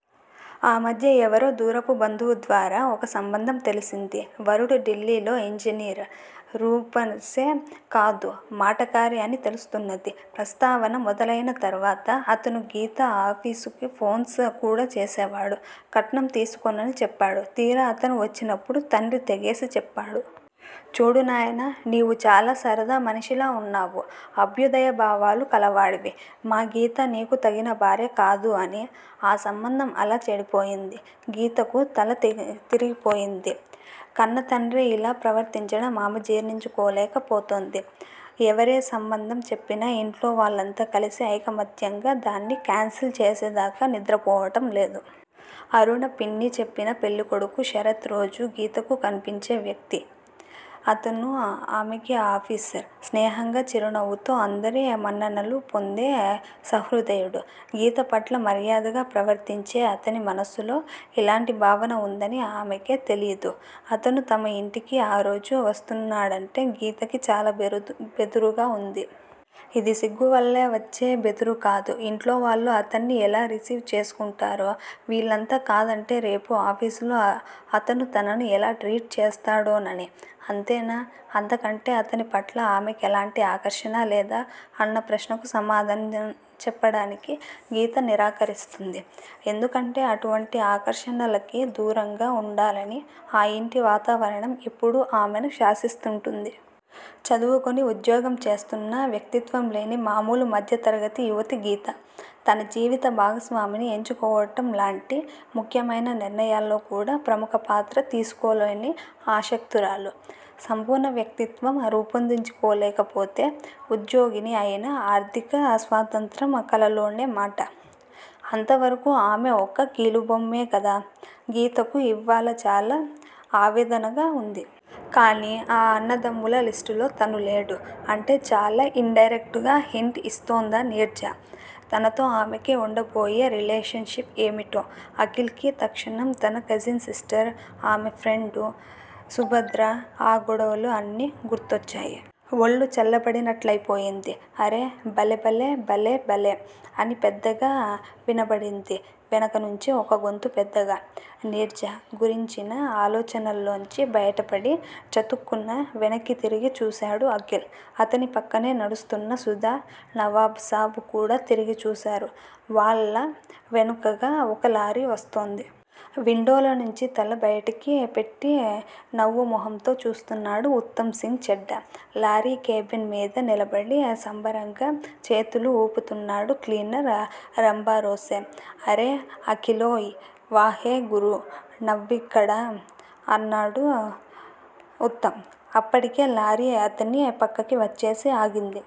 ఆ మధ్య ఎవరో దూరపు బంధువు ద్వారా ఒక సంబంధం తెలిసింది. వరుడు ఢిల్లీలో ఇంజనీర్. రూపసే కాదు మాటకారి అని తెలుస్తున్నది. ప్రస్తావన మొదలయిన తర్వాత అతను గీత ఆఫీసుకి ఫోన్స్ కూడా చేసేవాడు. కట్నం తీసుకోననీ చెప్పాడు. తీరా అతను వచ్చినపుడు తండ్రి తెగేసి చెప్పాడు. చూడు నాయనా! నీవు చాలా సరదా మనిషిలా ఉన్నావు. అభ్యుదయ భావాలు కలవాడివి. మా గీత నీకు తగిన భార్య కాదు అని! ఆ సంబంధం అలా చెడిపోయింది. గీతకు తల తిరిగిపోయింది. కన్నతండ్రే ఇలా ప్రవర్తించడం ఆమె జీర్ణించుకోలేకపోతోంది. ఎవరే సంబంధం చెప్పినా ఇంట్లో వాళ్ళంతా కలిసి ఐకమత్యంగా దాన్ని కాన్సిల్ చేసేదాకా నిద్రపోవటంలేదు. అరుణ పిన్ని చెప్పిన పెళ్ళికొడుకు శరత్ రోజూ గీతకు కన్పించే వ్యక్తే. అతను ఆమెకి ఆఫీసర్. స్నేహంగా చిరునవ్వుతో అందరి మన్ననలూ పొందే సహృదయుడు. గీత పట్ల మర్యాదగా ప్రవర్తించే అతని మనస్సులో ఎలాంటి భావన ఉందని ఆమెకే తెలీదు. అతను తమ ఇంటికి ఆరోజు వస్తున్నాడంటే గీతకి చాలా బెదురుగా ఉంది. ఇది సిగ్గువల్ల వచ్చే బెదురు కాదు. ఇంట్లోవాళ్ళు అతన్ని ఎలా రిసీవ్ చేసుకుంటారో! వీళ్ళంతా కాదంటే రేపు ఆఫీసులో అతను తనను ఎలా ట్రీట్ చేస్తాడోననే! అంతేనా! అంతకంటే అతని పట్ల ఆమెకెలాంటి ఆకర్షణ లేదా? అన్న ప్రశ్నకు సమాధానం చెప్పటానికి గీత నిరాకరిస్తుంది. ఎందుకంటే అటువంటి ఆకర్షణలకి దూరంగా ఉండాలని ఆ ఇంటి వాతావరణం ఎప్పుడూ ఆమెను శాసిస్తుంటుంది. చదువుకొని ఉద్యోగం చేస్తున్నా వ్యక్తిత్వంలేని మామూలు మధ్యతరగతి యవతి గీత. తన జీవిత భాగస్వామిని ఎంచుకోవటంలాంటి ముఖ్యమైన నిర్ణయాల్లో కూడా ప్రముఖ పాత్ర తీసుకోలేని అశక్తురాలు. సంపూర్ణ వ్యక్తిత్వం రూపొందించుకోలేకపోతే ఉద్యోగిని అయినా ఆర్ధికస్వాతంత్ర్యం కలలోని మాటే. అంతవరకూ ఆమె ఒక కీలుబొమ్మే గదా! గీతకు ఇవ్వాళ చాలా ఆవేదనగా ఉంది. కానీ ఆ అన్నదమ్ముల లిస్టులో తను లేడు! అంటే చాలా ఇన్ డైరెక్ట్ గా హింట్ యిస్తోందా నీర్జా! తనతో ఆమెకి ఉండబోయే రిలేషన్ షిప్ ఏమిటో? అఖిల్ కి తక్షణం తన కజిన్ సిస్టరు, ఆమె ఫ్రెండు, సుభద్ర, ఆ గొడవలు అన్నీ గుర్తొచ్చాయి. ఒళ్ళు చల్లబడినట్లయిపోయింది. అరె! బలెబలెబలెబలే! అని పెద్దగా వినబడింది వెనకనుంచి ఒక గొంతు పెద్దగా! నీర్జా గురించిన ఆలోచనల్లోనుంచి బయటపడి, చతుక్కున వెనక్కి తిరిగి చూశాడు అఖిల్. అతని ప్రక్కనే నడుస్తున్న సుధా, నవాబ్ సాబ్ కూడా తిరిగి చూశారు. వాళ్ళ వెనకగా ఒక లారీ వస్తోంది. విండోలో నుంచి తల బయటికి పెట్టి నవ్వు మొహంతో చూస్తున్నాడు ఉత్తమ్ సింగ్ చెడ్డా. లారీ కేబిన్ మీద నిలబడి సంబరంగా చేతులు వూపుతున్నాడు క్లీనరు రాంభరోసే. అరె అఖీలోయ్! వాహె గురూ! నవ్విక్కడా? అన్నాడు ఉత్తమ్. అప్పటికే లారీ అతని ప్రక్కకి వచ్చేసి ఆగింది.